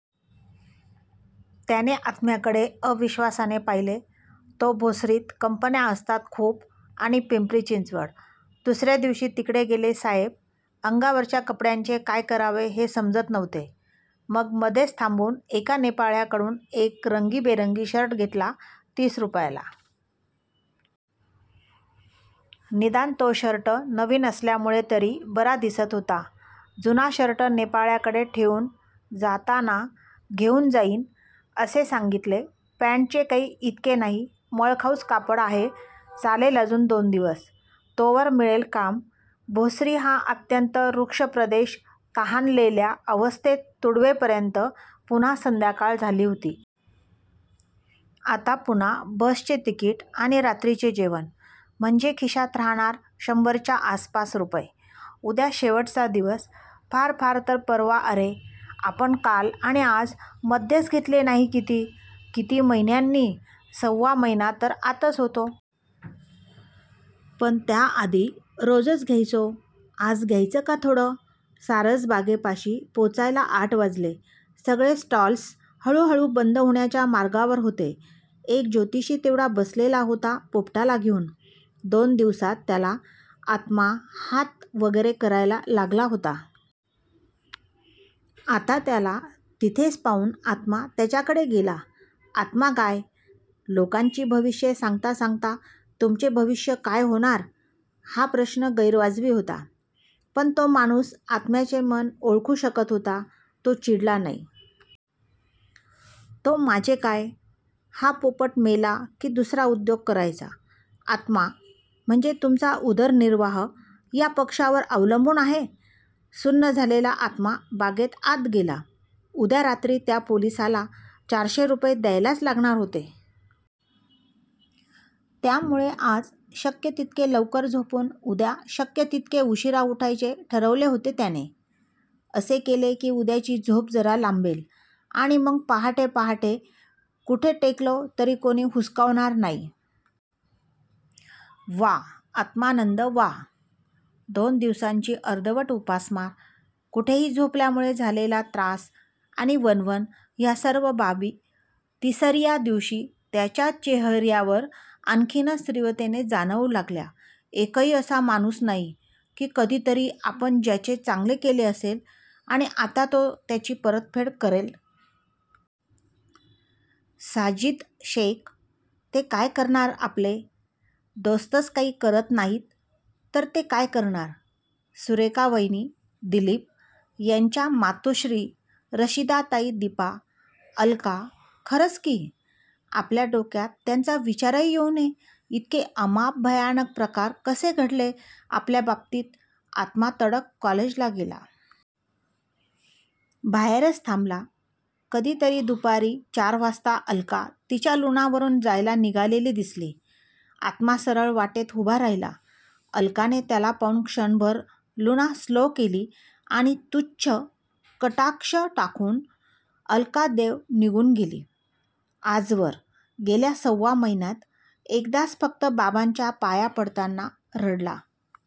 त्याने आत्म्याकडे अविश्वासाने पाहिले. तो भोसरीत कंपन्या असतात खूप आणि पिंपरी चिंचवड! दुसर्या दिवशी तिकडे गेले साहेब! अंगावरच्या कपड्यांचे काय करावे हे समजत नव्हते. मग मध्येच थांबून एका नेपाळ्याकडुन एक रंगीबेरंगी शर्ट घेतला तीस रुपयाला! निदान तो शर्ट नवीन असल्यामुळे तरी बरा दिसत होता. जुना शर्ट नेपाळ्याकडे ठेवून 'जाताना घेऊन जाईन' असे सांगीतले. पँटचे काही इतके नाही. मळखाऊच कापड आहे. चालेल अजून दोन दिवस! तोवर मिळेल काम! भोसरी हा अत्यंत रुक्ष प्रदेश तहानलेल्या अवस्थेत तुडवेपर्यंत पुन्हा संध्याकाळ झाली होती. आता पुन्हा बसचे तिकीट आणि रात्रीचे जेवण! म्हणजे खिशात राहणार शंभरच्या आसपास रुपये! उद्या शेवटचा दिवस फार फार तर परवा अरे! आपण काल आणि आज, मद्यच घेतले नाही किती? किती महिन्यांनी, सव्वा महिना तर आतच होतो. पण त्या आधी रोजच घ्यायचो आज घ्यायचं का थोडं? सारसबागेपाशी पोचायला आठ वाजले. सगळे स्टॉल्स हळू-हळू बंद होण्याच्या मार्गावर होते. एक ज्योतिषी तेवढा बसलेला होता पोपटाला घेऊन! दोन दिवसात त्याला आत्मा हात वगैरे करायला लागला होता. आत्ता त्याला तिथेच पाहून आत्मा त्याच्याकडे गेला. आत्मा काय? लोकांची भविष्ये सांगता सांगता तुमचे भविष्य काय होणार? हा प्रश्न गैरवाजवी होता. पण तो माणूस आत्म्याचे मन ओळखू शकत होता. तो चिडला नाही. तो माझे काय? हा पोपट मेला की दुसरा उद्योग करायचा. आत्मा, म्हणजे तुमचा उदरनिर्वाह या पक्ष्यावर अवलंबून आहे? सुन्न झालेला आत्मा बागेत आत गेला. उद्या रात्री त्या पोलिसाला चारशे रुपये द्यायलाच लागणार होते. त्यामुळे आज शक्य तितके लवकर झोपून उद्या शक्य तितके उशीरा उठायचे ठरवले होते त्याने! असे केले की उद्याची झोप जरा लांबेल! आणि मग पहाटे पहाटे कुठे टेकलो तरी कोणी हुसकावणार नाही. व्वा आत्मानंद व्वा! दोन दिवसांची अर्धवट उपासमार, कुठेही झोपल्यामुळे झालेला त्रास आणि वणवण या सर्व बाबी तिसर्या दिवशी त्याच्या चेहर्यावर आणखीनच तीव्रतेने जाणवू लागल्या. एकही असा माणूस नाही? की कधीतरी आपण ज्याचे चांगले केले असेल आणि आत्ता तो त्याची परतफेड करेल? साजिद शेख? ते काय करणार आपले दोस्तच काही करत नाहीत तर ते काय करणार, सुरेखा वहिनी, दिलीप यांच्या मातु:श्री, रशिदाताई दीपा, अलका खरच की? आपल्या डोक्यात त्यांचा विचारही येऊ नये इतके अमाप भयानक प्रकार कसे घडले आपल्या बाबतीत, आत्मा तडक कॉलेजला गेला. बाहेरच थांबला, कधीतरी दुपारी चार वाजता अलका तिच्या लुनावरून जायला निघालेली दिसली. आत्मा सरळ वाटेत उभा राहिला. अलकाने त्याला पाहून क्षणभर लुना स्लो केली आणि तुच्छ कटाक्ष टाकून अलका देव निघून गेली. आजवर, गेल्या सव्वा महिन्यात एकदाच फक्त बाबांच्या पाया पडताना रडला.--